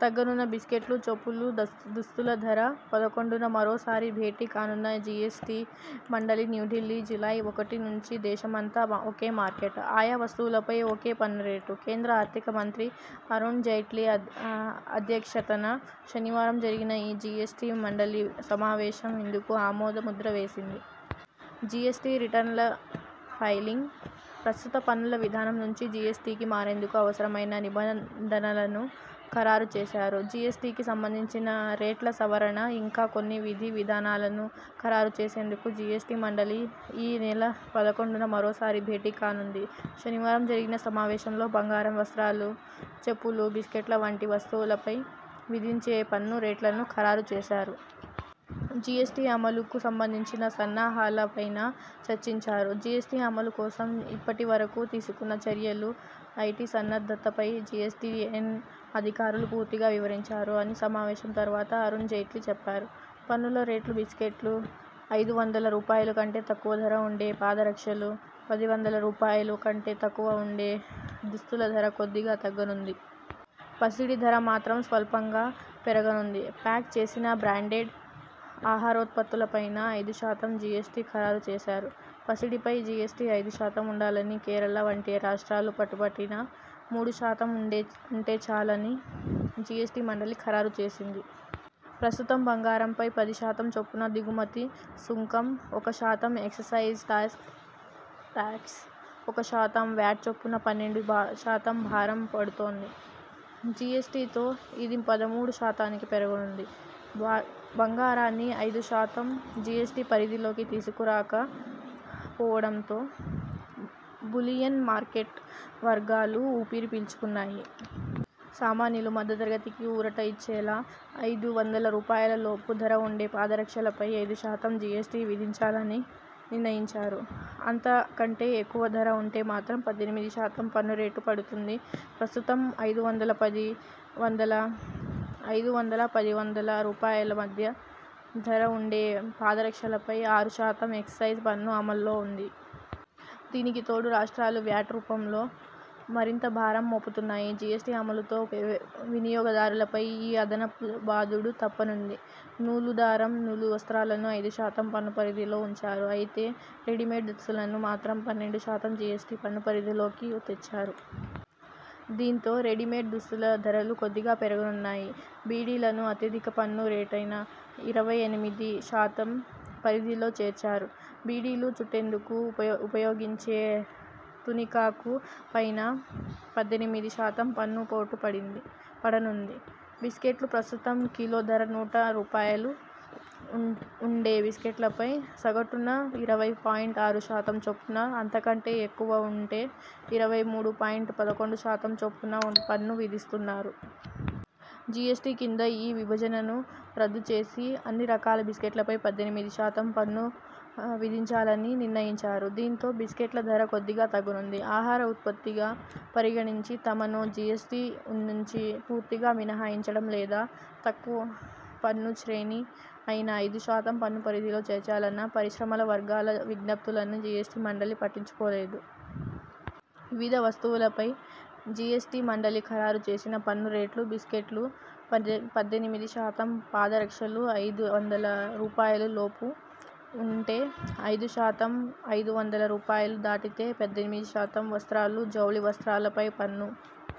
తగ్గనున్న బిస్కెట్లు, చెప్పులు, దుస్తుల ధర పదకొండున మరోసారి భేటీ కానున్న జిఎ్సటి మండలి న్యూఢిల్లీ జూలై ఒకటి నుంచి దేశ మంతా ఒకే మార్కెట్. ఆయా వస్తువులపై ఒకే పన్ను రేటు. కేంద్ర ఆర్థిక మంత్రి అరుణ్ జైట్లీ అధ్యక్షతన శనివారం జరిగిన జి ఎస్టి మండలి సమావేశం ఇందుకు ఆమోద ముద్ర వేసింది. జిఎ్సటి రిటర్న్ల ఫైలింగ్, ప్రస్తుత పన్నుల విధానం నుంచి జిఎ్సటికి మారేందుకు అవసరమైన నిబంధనలనూ ఖరారు చేశారు. జిఎ్సటికి సంబంధించిన రేట్ల సవరణ, ఇంకా కొన్ని విధి విధానాలను ఖరారు చేసేందుకు జిఎ్సటి మండలి ఈ నెల పదకొండున మరోసారి భేటీ కానుంది. శనివారం జరిగిన సమావేశంలో బంగారం, వస్త్రాలు, చెప్పులు, బిస్కట్ల వంటి వస్తువులపై విధించే పన్ను రేట్లను ఖరారు చేశారు. జిఎ్సటి అమలుకు సంబంధించిన సన్నాహాల పైనా చర్చించారు. 'జిఎ్సటి అమలు కోసం ఇప్పటి వరకు తీసుకున్న చర్యలు, ఐటి సన్నద్ధత పై జిఎ్సటిఎన్ అధికారులు పూర్తిగా వివరించారు' అని సమావేశం తర్వాత అరుణ్ జైట్లీ చెప్పారు. పన్నుల రేట్లు బిస్కెట్లు, ఐదు వందల రూపాయలు కంటే తక్కువ ధర ఉండే పాద రక్షలు, పది వందల రూపాయలు కంటే తక్కువ ధర ఉండే దుస్తుల ధర కొద్దిగా తగ్గ నుంది. పసిడి ధర మాత్రం స్వల్పంగా పెరగ నుంది. ప్యాక్ చేసిన బ్రాండెడ్ ఆహారోత్పత్తులపైనా ఐదు శాతం జి ఎ్సటి ఖరారు చేశారు. పసిడి పై జిఎ్సటి ఐదు శాతం ఉండాలని కేరళ వంటి రాష్ట్రాలు పట్టు పట్టినా మూడు శాతం ఉంటే చాలని జిఎ్సటి మండలి ఖరారు చేసింది. ప్రస్తుతం బంగారంపై పది శాతం చొప్పున దిగుమతి సుంకం, ఒక శాతం ఎక్సైజ్ టాక్స్, ఒక శాతం వ్యాట్ చొప్పున పన్నెండు శాతం భారం పడుతోంది. జిఎస్టి తో ఇది పదమూడు శాతానికి పెరగనుంది. బంగారాన్ని ఐదు శాతం జిఎ్సటి పరిధిలోకి తీసుకు రాక పోవడంతో బులియన్ మార్కెట్ వర్గాలు ఊపిరి పీల్చుకున్నాయి. సామాన్యులు, మధ్య తరగతికి ఊరట ఇచ్చేలా ఐదు వందల రూపాయల లోపు ధర ఉండే పాదరక్షల పై ఐదు శాతం జిఎ్సటి విధించాలని నిర్ణయించారు. అంత కంటే ఎక్కువ ధర ఉంటే మాత్రం పద్దెనిమిది శాతం పన్ను రేటు పడుతుంది. ప్రస్తుతం ఐదు వందల పది వందల రూపాయల మధ్య ధర ఉండే పాదరక్షలపై ఆరు శాతం ఎక్సైజ్ పన్ను అమల్లో ఉంది. దీనికి తోడు రాష్ట్రాలు వ్యాట్ రూపంలో మరింత భారం మోపుతున్నాయి. జిఎ్సటి అమలుతో వినియోగదారుల పై ఈ అదనపు బాదుడు తప్ప నుంది. నూలు దారం, నూలు వస్త్రాలను ఐదు శాతం పన్ను పరిధిలో ఉంచారు. అయితే రెడీమేడ్ దస్తులను మాత్రం పన్నెండు శాతం జిఎ్సటి పన్ను పరిధిలోకి తెచ్చారు. దీంతో రెడీమేడ్ దుస్తుల ధరలు కొద్దిగా పెరగనున్నాయి. బీడీలను అత్యధిక పన్ను రేటైన ఇరవై ఎనిమిది శాతం పరిధిలో చేర్చారు. బీడీలు చుట్టేందుకు ఉపయోగించే తునికాకు పైనా పద్దెనిమిది శాతం పన్ను పోటు పడింది పడనుంది. బిస్కెట్లు ప్రస్తుతం కిలో ధర నూట రూపాయలు ఉండే బిస్కెట్లపై సగటున ఇరవై పాయింట్ ఆరు శాతం చొప్పున, అంత కంటే ఎక్కువ ఉంటే ఇరవై మూడు పాయింట్ పదకొండు శాతం చొప్పున పన్ను విధిస్తున్నారు. జిఎ్సటి కింద ఈ విభజనను రద్దు చేసి అన్ని రకాల బిస్కెట్లపై పద్దెనిమిది శాతం పన్ను విధించాలని నిర్ణయించారు. దీంతో బిస్కెట్ల ధర కొద్దిగా తగ్గనుంది. ఆహార ఉత్పత్తిగా పరిగణించి తమను జిఎ్సటి నుంచి పూర్తిగా మినహాయించడం లేదా తక్కువ పన్ను శ్రేణి అయిన ఐదు శాతం పన్ను పరిధిలో చేర్చాలన్న పరిశ్రమ వర్గాల విజ్ఞప్తులను జిఎ్సటి మండలి పట్టించు కోలేదు. వివిధ వస్తువులపై జిఎ్సటి మండలి ఖరారు చేసిన పన్ను రేట్లు బిస్కెట్లు పద్దెనిమిది శాతం పాద రక్షలు ఐదు వందల రూపాయలు లోపు ఉంటే ఐదు శాతం, ఐదు వందల రూపాయలు దాటితే పద్దెనిమిది శాతం వస్త్రాలు జౌళి వస్త్రాల పై పన్ను